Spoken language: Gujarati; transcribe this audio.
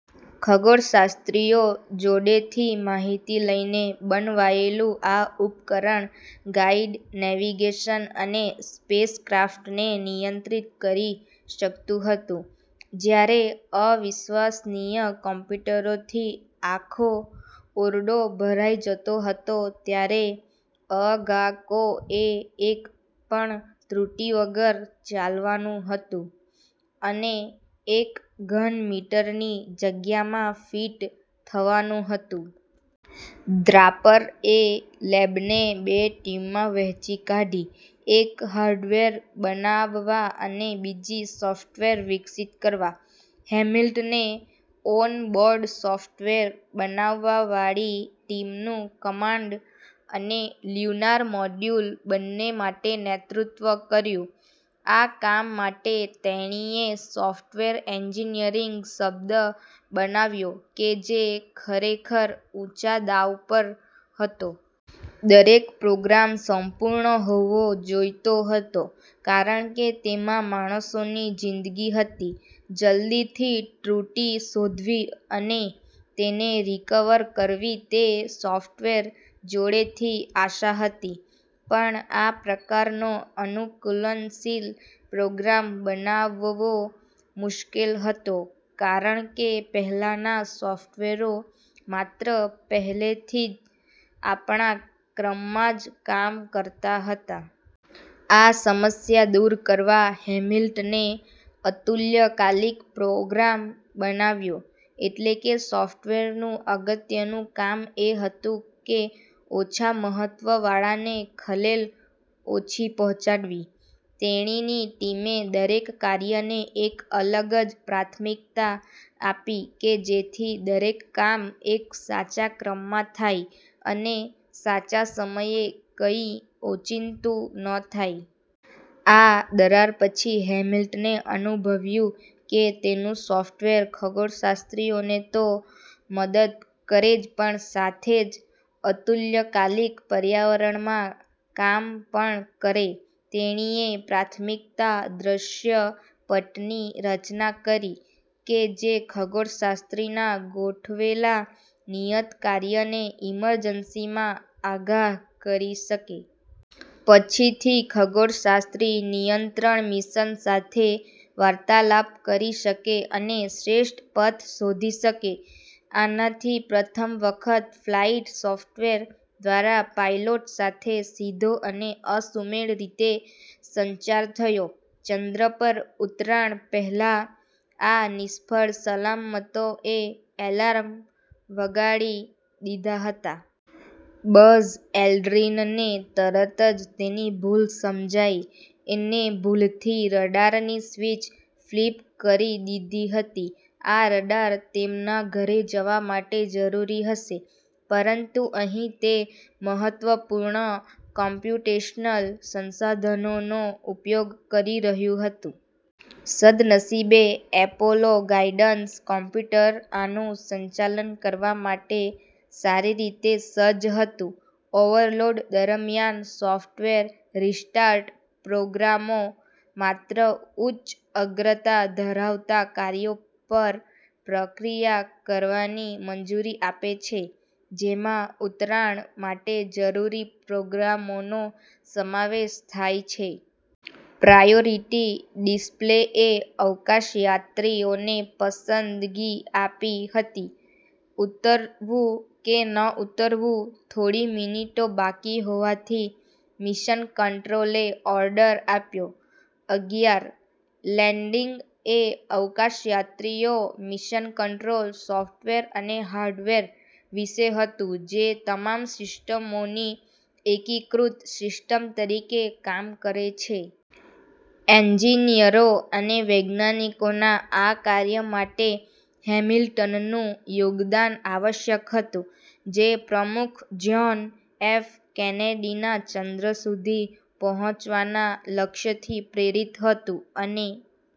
ખગોળશાસ્ત્રીઓ જોડેથી માહિતી લઈને બનવાયેલું આ ઉપકરણ ગાઈડ, નેવિગેશન અને સ્પેસક્રાફ્ટને નિયંત્રિત કરી શકતું હતું. જયારે અવિશ્વસનીય કોમ્યુટરોથી આખો ઓરડો ભરાઈ જતો હતો, ત્યારે અ. ગા. કો. એ એક પણ ત્રુટિ વગર ચાલવાનું હતું અને એક ઘન મીટરની જગ્યામાં ફીટ થવાનું હતું. દ્રાપર એ લેબને બે ટીમમાં વહેંચી કાઢી, એક હાર્ડવેર બનાવવા અને બીજી સોફ્ટવેર વિકસિત કરવા. હેમિલ્ટને ઓન-બોર્ડ સોફ્ટવેર બનાવવાવાળી ટીમનું કમાન્ડ અને લ્યુનાર મોડ્યુલ બંને માટે નેતૃત્વ કર્યું. આ કામ માટે, તેણીએ "સોફ્ટવેર એન્જીનીયરીંગ" શબ્દ બનાવ્યો કે જે ખરેખર ઊંચા દાવ પર હતો. દરેક પ્રોગ્રામ સંપૂર્ણ હોવો જોઈતો હતો કારણ કે તેમાં માણસોની જીંદગી હતી. જલ્દીથી ત્રુટિ શોધવી અને તેને રિકવર કરવી તે સોફ્ટવેર જોડેથી આશા હતી. પણ આ પ્રકારનો અનુકૂલનશીલ પ્રોગ્રામ બનાવવો મુશ્કેલ હતો કારણ કે પહેલાંના સોફ્ટવેરો માત્ર પહેલેથી આપેલા ક્રમમાં જ કામ કરતાં હતાં. આ સમસ્યા દૂર કરવા, હેમિલ્ટને "અતુલ્યકાલિક" પ્રોગ્રામ બનાવ્યો એટલે કે સોફ્ટવેરનું અગત્યનું કામ એ હતું કે ઓછા મહત્વવાળાને ખલેલ ઓછી પહોંચાડવી. તેણીની ટીમે દરેક કાર્યને એક અલગ જ પ્રાથમિકતા આપી કે જેથી દરેક કામ એક સાચા ક્રમમાં થાય અને સાચા સમયે-કઈ ઓચિંતું ન થાય. આ દરાર પછી, હેમિલ્ટને અનુભવ્યું કે તેનું સોફ્ટવેર ખગોળશાસ્ત્રીઓને તો મદદ કરે જ પણ સાથે જ અતુલ્યકાલિક પર્યાવરણમાં કામ પણ કરે. તેણીએ પ્રાથમિકતા દ્રશ્યપટની રચના કરી, કે જે ખગોળશાસ્ત્રીના ગોઠવેલા નિયત કાર્યને ઇમરજન્સીમાં આગાહ કરી શકે. પછી થી ખગોળશાસ્ત્રી નિયંત્રણ મિશન સાથે વાર્તાલાપ કરી શકે અને શ્રેષ્ઠ પથ શોધી શકે. આનાથી પ્રથમ વખત ફ્લાઇટ સોફ્ટવેર દ્વારા પાયલોટ સાથે સીધો અને અસુમેળ રીતે સંચાર થયો. ચંદ્ર પર ઉતરાણ પહેલા આ નિષ્ફળ-સલામતોએ એલાર્મ વગાડી દીધાં હતાં. બઝ એલ્ડ્રીનને તરત જ તેની ભૂલ સમજાઈ એને ભૂલથી રડારની સ્વિચ ફ્લિપ કરી દીધી હતી. આ રડાર તેમના ઘરે જવા માટે જરૂરી હશે, પરંતુ અહીં તે મહત્વપૂર્ણ કોમ્પ્યુટેશનલ સંસાધનોનો ઉપયોગ કરી રહ્યું હતું. સદનસીબે, એપોલો ગાઇડન્સ કોમ્પ્યુટર આનું સંચાલન કરવા માટે સારી રીતે સજ્જ હતું. ઓવરલોડ દરમિયાન, સૉફ્ટવેર રિસ્ટાર્ટ પ્રોગ્રામો માત્ર ઉચ્ચ અગ્રતા ધરાવતા કાર્યો પર પ્રક્રિયા કરવાની મંજૂરી આપે છે જેમાં ઉતરાણ માટે જરૂરી પ્રોગ્રામોનો સમાવેશ થાય છે. પ્રાયોરિટી ડિસ્પ્લેએ અવકાશયાત્રીઓને પસંદગી આપી હતી ઉતરવું કે ન ઉતરવું. થોડી મિનિટો બાકી હોવાથી, મિશન કંટ્રોલે ઓર્ડર આપ્યો. અગિયાર. લેન્ડિંગ એ અવકાશયાત્રીઓ, મિશન કંટ્રોલ, સૉફ્ટવેર અને હાર્ડવેર વિશે હતું જે તમામ સિસ્ટમોની એકીકૃત સિસ્ટમ તરીકે કામ કરે છે. એન્જિનિયરો અને વૈજ્ઞાનિકોના કાર્ય માટે હેમિલ્ટનનું યોગદાન આવશ્યક હતું. જે પ્રમુખ જ્હોન એફ. કેનેડીના ચંદ્ર સુધી પહોંચવાના લક્ષ્યથી પ્રેરિત હતું. અને